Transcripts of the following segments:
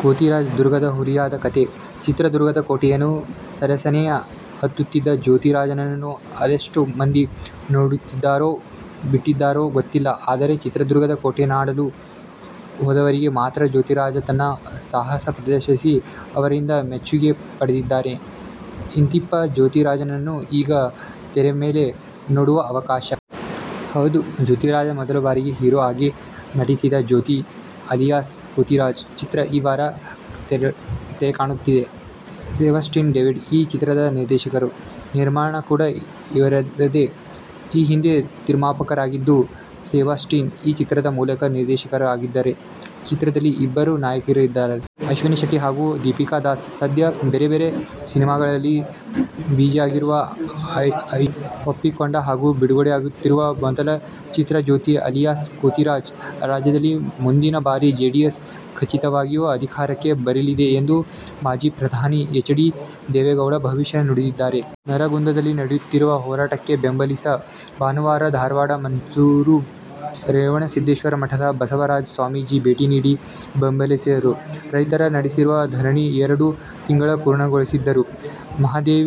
ಕೋತಿರಾಜ್ ದುರ್ಗದ ಹುಲಿಯಾದ ಕತೆ, ಚಿತ್ರದುರ್ಗದ ಕೋಟೆಯನ್ನು ಸರಸರನೇ ಹತ್ತುತ್ತಿದ್ದ ಜ್ಯೋತಿರಾಜ್ನನ್ನು ಅದೆಷ್ಟು ಮಂದಿ ನೋಡಿದ್ದಾರೋ ಬಿಟ್ಟಿದ್ದಾರೋ ಗೊತ್ತಿಲ್ಲ. ಆದರೆ, ಚಿತ್ರದುರ್ಗದ ಕೋಟೆ ನೋಡಲು ಹೋದವರಿಗೆ ಮಾತ್ರ ಜ್ಯೋತಿರಾಜ್ ತನ್ನ ಸಾಹಸ ಪ್ರದರ್ಶಿಸಿ ಅವರಿಂದ ಮೆಚ್ಚುಗೆ ಪಡೆದಿದ್ದಾನೆ. ಇಂತಿಪ್ಪ, ಜ್ಯೋತಿರಾಜ್ನನ್ನು ಈಗ ತೆರೆಮೇಲೆ ನೋಡುವ ಅವಕಾಶ. ಹೌದು, ಜ್ಯೋತಿರಾಜ್ ಮೊದಲ ಬಾರಿಗೆ ಹೀರೋ ಆಗಿ ನಟಿಸಿದ "ಜ್ಯೋತಿ ಅಲಿಯಾಸ್ ಕೋತಿರಾಜ್' ಚಿತ್ರ ಈ ವಾರ ತೆರೆಕಾಣುತ್ತದೆ. ಸೆಬಾಸ್ಟಿನ್ ಡೇವಿಡ್ ಈ ಚಿತ್ರದ ನಿರ್ದೇಶಕರು. ನಿರ್ಮಾಣ ಕೂಡಾ ಇವರದ್ದೇ. ಈ ಹಿಂದೆ ನಿರ್ಮಾಪಕರಾಗಿದ್ದ ಸೆಬಾಸ್ಟಿನ್ ಈ ಚಿತ್ರದ ಮೂಲಕ ನಿರ್ದೇಶಕರೂ ಆಗಿದ್ದಾರೆ. ಚಿತ್ರದಲ್ಲಿ ಇಬ್ಬರು ನಾಯಕಿಯರಿದ್ದಾರೆ. ಐಶಾನಿ ಶೆಟ್ಟಿ ಹಾಗೂ ದೀಪಿಕಾ ದಾಸ್. ಸದ್ಯ ಬೇರೆ ಬೇರೆ ಸಿನಿಮಾಗಳಲ್ಲಿ ಬಿಝಿಯಾಗಿರುವ ಐಶಾನಿ ಒಪ್ಪಿಕೊಂಡ ಹಾಗೂ ಬಿಡುಗಡೆಯಾಗುತ್ತಿರುವ ಮೊದಲ ಚಿತ್ರ "ಜ್ಯೋತಿ ಅಲಿಯಾಸ್ ಕೋತಿರಾಜ್'. ರಾಜ್ಯದಲ್ಲಿ ಮುಂದಿನ ಬಾರಿ ಜೆಡಿಎಸ್ ಖಚಿತವಾಗಿಯೂ ಅಧಿಕಾರಕ್ಕೆ ಬರಲಿದೆ ಎಂದು ಮಾಜಿ ಪ್ರಧಾನಿ ಎಚ್. ಡಿ. ದೇವೇಗೌಡ ಭವಿಷ್ಯ ನುಡಿದಿದ್ದಾರೆ. ನರಗುಂದದಲ್ಲಿ ನಡೆಯುತ್ತಿರುವ ಹೋರಾಟಕ್ಕೆ ಬೆಂಬಲಿಸಿ ಭಾನುವಾರ ಧಾರವಾಡದ ಮನ್ಸೂರು ರೇವಣಸಿದ್ದೇಶ್ವರ ಮಠದ ಬಸವರಾಜ ಸ್ವಾಮೀಜಿ ಭೇಟಿ ನೀಡಿ ಬೆಂಬಲಿಸಿದರು. ರೈತರು ನಡೆಸಿರುವ ಧರಣಿ ಎರಡು ತಿಂಗಳು ಪೂರ್ಣಗೊಳಿಸಿದ್ದರೂ ಮಹದಾಯಿ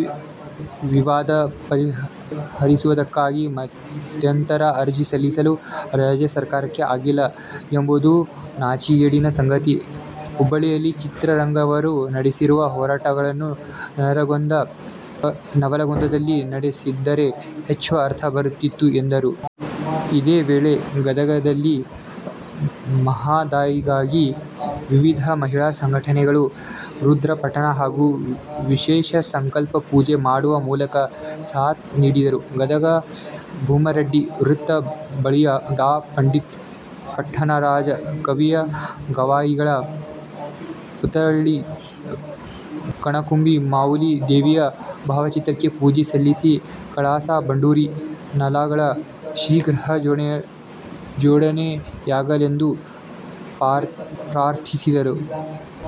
ವಿವಾದ ಪರಿಹರಿಸುವುದಕ್ಕಾಗಿ ಮಧ್ಯಂತರ ಅರ್ಜಿ ಸಲ್ಲಿಸಲು ರಾಜ್ಯ ಸರ್ಕಾರಕ್ಕೆ ಆಗಿಲ್ಲ ಎಂಬುದು ನಾಚಿಗೇಡಿನ ಸಂಗತಿ. ಹುಬ್ಬಳ್ಳಿಯಲ್ಲಿ ಚಿತ್ರರಂಗದವರು ನಡೆಸಿರುವ ಹೋರಾಟವನ್ನು ನರಗುಂದ, ನವಲಗುಂದದಲ್ಲಿ ನಡೆಸಿದ್ದರೆ ಹೆಚ್ಚು ಅರ್ಥ ಬರುತ್ತಿತ್ತು ಎಂದರು. ಇದೇ ವೇಳೆ ಗದಗದಲ್ಲಿ ಮಹದಾಯಿಗಾಗಿ ವಿವಿಧ ಮಹಿಳಾ ಸಂಘಟನೆಗಳು ರುದ್ರಪಠಣ ಹಾಗೂ ವಿಶೇಷ ಸಂಕಲ್ಪ ಪೂಜೆ ಮಾಡುವ ಮೂಲಕ ಸಾಥ್ ನೀಡಿದರು. ಗದಗ ಭೂಮರಡ್ಡಿ ವೃತ್ತ ಬಳಿಯ ಡಾ ಪಂಡಿತ ಪುಟ್ಟರಾಜ ಕವಿ ಗವಾಯಿಗಳ ಪುತ್ಥಳಿ, ಕಣಕುಂಬಿ ಮಾವುಲಿ ದೇವಿಯ ಭಾವಚಿತ್ರಕ್ಕೆ ಪೂಜೆ ಸಲ್ಲಿಸಿ ಕಳಸಾ ಬಂಡೂರಿ ನಾಲಾಗಳ ಶೀಘ್ರ ಜೋಡಣೆಯಾಗಲೆಂದು ಪ್ರಾರ್ಥಿಸಿದರು.